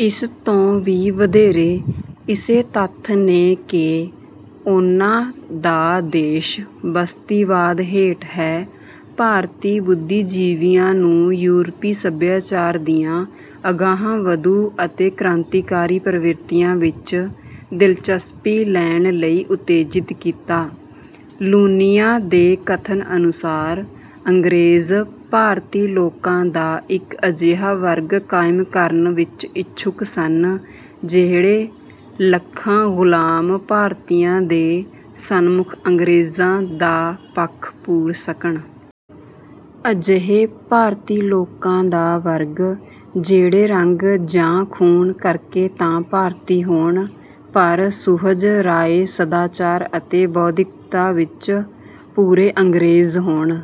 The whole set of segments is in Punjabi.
ਇਸ ਤੋਂ ਵੀ ਵਧੇਰੇ, ਇਸੇ ਤੱਥ ਨੇ ਕਿ ਉਨ੍ਹਾਂ ਦਾ ਦੇਸ਼ ਬਸਤੀਵਾਦ ਹੇਠ ਹੈ, ਭਾਰਤੀ ਬੁੱਧੀਜੀਵੀਆਂ ਨੂੰ ਯੂਰਪੀ ਸਭਿਆਚਾਰ ਦੀਆਂ ਅਗਾਂਹ-ਵਧੂ ਅਤੇ ਕ੍ਰਾਂਤੀਕਾਰੀ ਪ੍ਰਵਿਰਤੀਆਂ ਵਿੱਚ ਦਿਲਚਸਪੀ ਲੈਣ ਲਈ ਉਤੇਜਿਤ ਕੀਤਾ। ਲੂਨੀਆਂ ਦੇ ਕਥਨ ਅਨੁਸਾਰ, "ਅੰਗਰੇਜ਼ ਭਾਰਤੀ ਲੋਕਾਂ ਦਾ ਇੱਕ ਅਜਿਹਾ ਵਰਗ ਕਾਇਮ ਕਰਨ ਵਿੱਚ ਇੱਛੁਕ ਸਨ, ਜਿਹੜੇ ਲੱਖਾਂ ਗ਼ੁਲਾਮ ਭਾਰਤੀਆਂ ਦੇ ਸਨਮੁਖ ਅੰਗਰੇਜ਼ਾਂ ਦਾ ਪੱਖ ਪੂਰ ਸਕਣ। ਅਜਿਹੇ ਭਾਰਤੀ ਲੋਕਾਂ ਦਾ ਵਰਗ, ਜਿਹੜੇ ਰੰਗ ਜਾਂ ਖੂਨ ਕਰਕੇ ਤਾਂ ਭਾਰਤੀ ਹੋਣ, ਪਰ ਸੁਹਜ, ਰਾਏ, ਸਦਾਚਾਰ ਅਤੇ ਬੌਧਿਕਤਾ ਵਿੱਚ ਪੂਰੇ ਅੰਗਰੇਜ਼ ਹੋਣ।"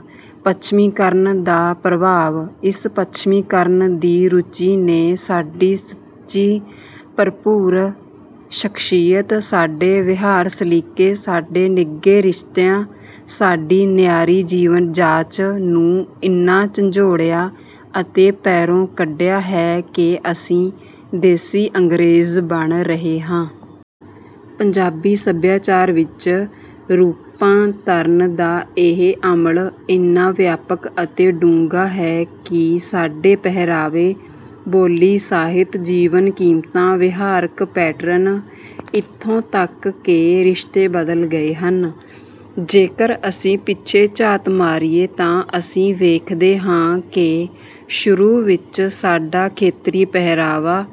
ਪੱਛਮੀਕਰਨ ਦਾ ਪ੍ਰਭਾਵ: ਇਸ ਪੱਛਮੀਕਰਨ ਦੀ ਰੁਚੀ ਨੇ ਸਾਡੀ ਸੱਚੀ-ਭਰਪੂਰ ਸ਼ਖ਼ਸੀਅਤ, ਸਾਡੇ ਵਿਹਾਰ-ਸਲੀਕੇ, ਸਾਡੇ ਨਿੱਘੇ ਰਿਸ਼ਤਿਆਂ, ਸਾਡੀ ਨਿਆਰੀ ਜੀਵਨ-ਜਾਚ ਨੂੰ ਇੰਨਾ ਝੰਜੋੜਿਆ ਅਤੇ ਪੈਰੋਂ ਕੱਢਿਆ ਹੈ ਕਿ ਅਸੀਂ 'ਦੇਸੀ ਅੰਗਰੇਜ਼' ਬਣ ਰਹੇ ਹਾਂ। ਪੰਜਾਬੀ ਸਭਿਆਚਾਰ ਵਿੱਚ ਰੂਪਾਂਤਰਨ ਦਾ ਇਹ ਅਮਲ ਇੰਨਾ ਵਿਆਪਕ ਅਤੇ ਡੂੰਘਾ ਹੈ ਕਿ ਸਾਡੇ ਪਹਿਰਾਵੇ, ਬੋਲੀ, ਸਾਹਿਤ, ਜੀਵਨ-ਕੀਮਤਾਂ, ਵਿਹਾਰਕ ਪੈਟਰਨ, ਇੱਥੋਂ ਤੱਕ ਕਿ ਰਿਸ਼ਤੇ ਬਦਲ ਗਏ ਹਨ। ਜੇਕਰ ਅਸੀਂ ਪਿੱਛੇ ਝਾਤ ਮਾਰੀਏ, ਤਾਂ ਅਸੀਂ ਵੇਖਦੇ ਹਾਂ ਕਿ ਸ਼ੁਰੂ ਵਿੱਚ ਸਾਡਾ ਖੇਤਰੀ ਪਹਿਰਾਵਾ,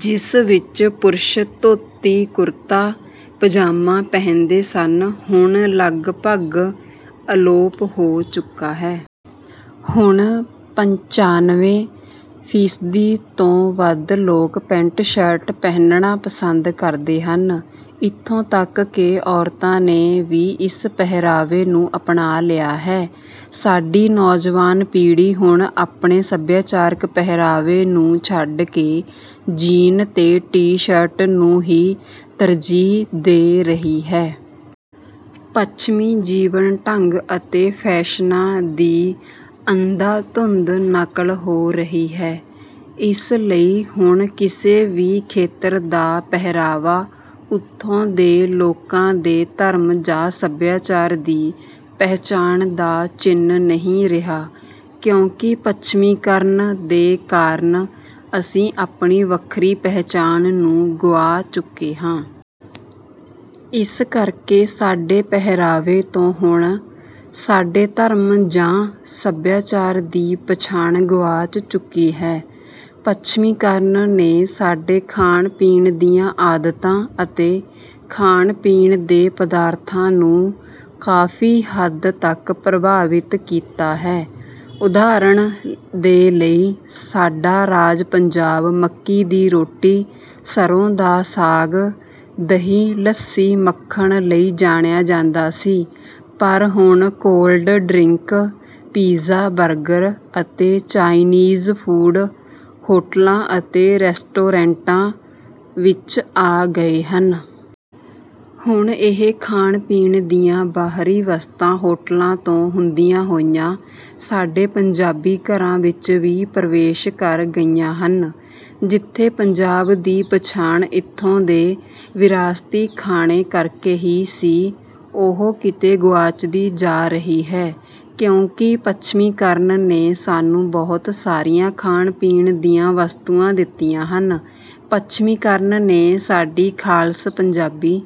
ਜਿਸ ਵਿੱਚ ਪੁਰਸ਼ ਧੋਤੀ-ਕੁਰਤਾ, ਪਜਾਮਾ ਪਹਿਨਦੇ ਸਨ, ਹੁਣ ਲਗਭਗ ਅਲੋਪ ਹੋ ਚੁੱਕਾ ਹੈ। ਹੁਣ ਪੰਚਾਨਵੇਂ ਫੀਸਦੀ ਤੋਂ ਵੱਧ ਲੋਕ ਪੈਂਟ-ਸ਼ਰਟ ਪਹਿਨਣਾ ਪਸੰਦ ਕਰਦੇ ਹਨ। ਇੱਥੋਂ ਤੱਕ ਕਿ ਔਰਤਾਂ ਨੇ ਵੀ ਇਸ ਪਹਿਰਾਵੇ ਨੂੰ ਅਪਣਾ ਲਿਆ ਹੈ। ਸਾਡੀ ਨੌਜਵਾਨ ਪੀੜ੍ਹੀ ਹੁਣ ਆਪਣੇ ਸਭਿਆਚਾਰਕ ਪਹਿਰਾਵੇ ਨੂੰ ਛੱਡ ਕੇ ਜੀਨ ਤੇ ਟੀ-ਸ਼ਰਟ ਨੂੰ ਹੀ ਤਰਜੀਹ ਦੇ ਰਹੀ ਹੈ। ਪੱਛਮੀ ਜੀਵਨ-ਢੰਗ ਅਤੇ ਫ਼ੈਸ਼ਨਾਂ ਦੀ ਅੰਧਾ-ਧੁੰਦ ਨਕਲ ਹੋ ਰਹੀ ਹੈ। ਇਸ ਲਈ ਹੁਣ ਕਿਸੇ ਵੀ ਖੇਤਰ ਦਾ ਪਹਿਰਾਵਾ ਉੱਥੋਂ ਦੇ ਲੋਕਾਂ ਦੇ ਧਰਮ ਜਾਂ ਸਭਿਆਚਾਰ ਦੀ ਪਹਿਚਾਣ ਦਾ ਚਿੰਨ੍ਹ ਨਹੀਂ ਰਿਹਾ, ਕਿਉਂਕਿ ਪੱਛਮੀਕਰਨ ਦੇ ਕਾਰਨ ਅਸੀਂ ਆਪਣੀ ਵੱਖਰੀ ਪਹਿਚਾਣ ਨੂੰ ਗੁਆ ਚੁੱਕੇ ਹਾਂ। ਇਸ ਕਰਕੇ ਸਾਡੇ ਪਹਿਰਾਵੇ ਤੋਂ ਹੁਣ ਸਾਡੇ ਧਰਮ ਜਾਂ ਸੱਭਿਆਚਾਰ ਦੀ ਪਛਾਣ ਗੁਆਚ ਚੁੱਕੀ ਹੈ। ਪੱਛਮੀਕਰਨ ਨੇ ਸਾਡੇ ਖਾਣ-ਪੀਣ ਦੀਆਂ ਆਦਤਾਂ ਅਤੇ ਖਾਣ-ਪੀਣ ਦੇ ਪਦਾਰਥਾਂ ਨੂੰ ਕਾਫ਼ੀ ਹੱਦ ਤੱਕ ਪ੍ਰਭਾਵਿਤ ਕੀਤਾ ਹੈ। ਉਦਾਹਰਣ ਦੇ ਲਈ, ਸਾਡਾ ਰਾਜ ਪੰਜਾਬ ਮੱਕੀ ਦੀ ਰੋਟੀ, ਸਰੋਂ ਦਾ ਸਾਗ, ਦਹੀ, ਲੱਸੀ, ਮੱਖਣ ਲਈ ਜਾਣਿਆ ਜਾਂਦਾ ਸੀ, ਪਰ ਹੁਣ ਕੋਲਡ-ਡਰਿੰਕ, ਪੀਜ਼ਾ, ਬਰਗਰ ਅਤੇ ਚਾਈਨੀਜ਼ ਫੂਡ ਹੋਟਲਾਂ ਅਤੇ ਰੈਸਟੋਰੈਂਟਾਂ ਵਿੱਚ ਆ ਗਏ ਹਨ। ਹੁਣ ਇਹ ਖਾਣ-ਪੀਣ ਦੀਆਂ ਬਾਹਰੀ ਵਸਤਾਂ ਹੋਟਲਾਂ ਤੋਂ ਹੁੰਦੀਆਂ ਹੋਈਆਂ ਸਾਡੇ ਪੰਜਾਬੀ ਘਰਾਂ ਵਿੱਚ ਵੀ ਪ੍ਰਵੇਸ਼ ਕਰ ਗਈਆਂ ਹਨ। ਜਿੱਥੇ ਪੰਜਾਬ ਦੀ ਪਛਾਣ ਇੱਥੋਂ ਦੇ ਵਿਰਾਸਤੀ ਖਾਣੇ ਕਰਕੇ ਹੀ ਸੀ, ਉਹ ਕਿਤੇ ਗੁਆਚਦੀ ਜਾ ਰਹੀ ਹੈ, ਕਿਉਂਕਿ ਪੱਛਮੀਕਰਨ ਨੇ ਸਾਨੂੰ ਬਹੁਤ ਸਾਰੀਆਂ ਖਾਣ-ਪੀਣ ਦੀਆਂ ਵਸਤੂਆਂ ਦਿੱਤੀਆਂ ਹਨ। ਪੱਛਮੀਕਰਨ ਨੇ ਸਾਡੀ ਖਾਲਸ ਪੰਜਾਬੀ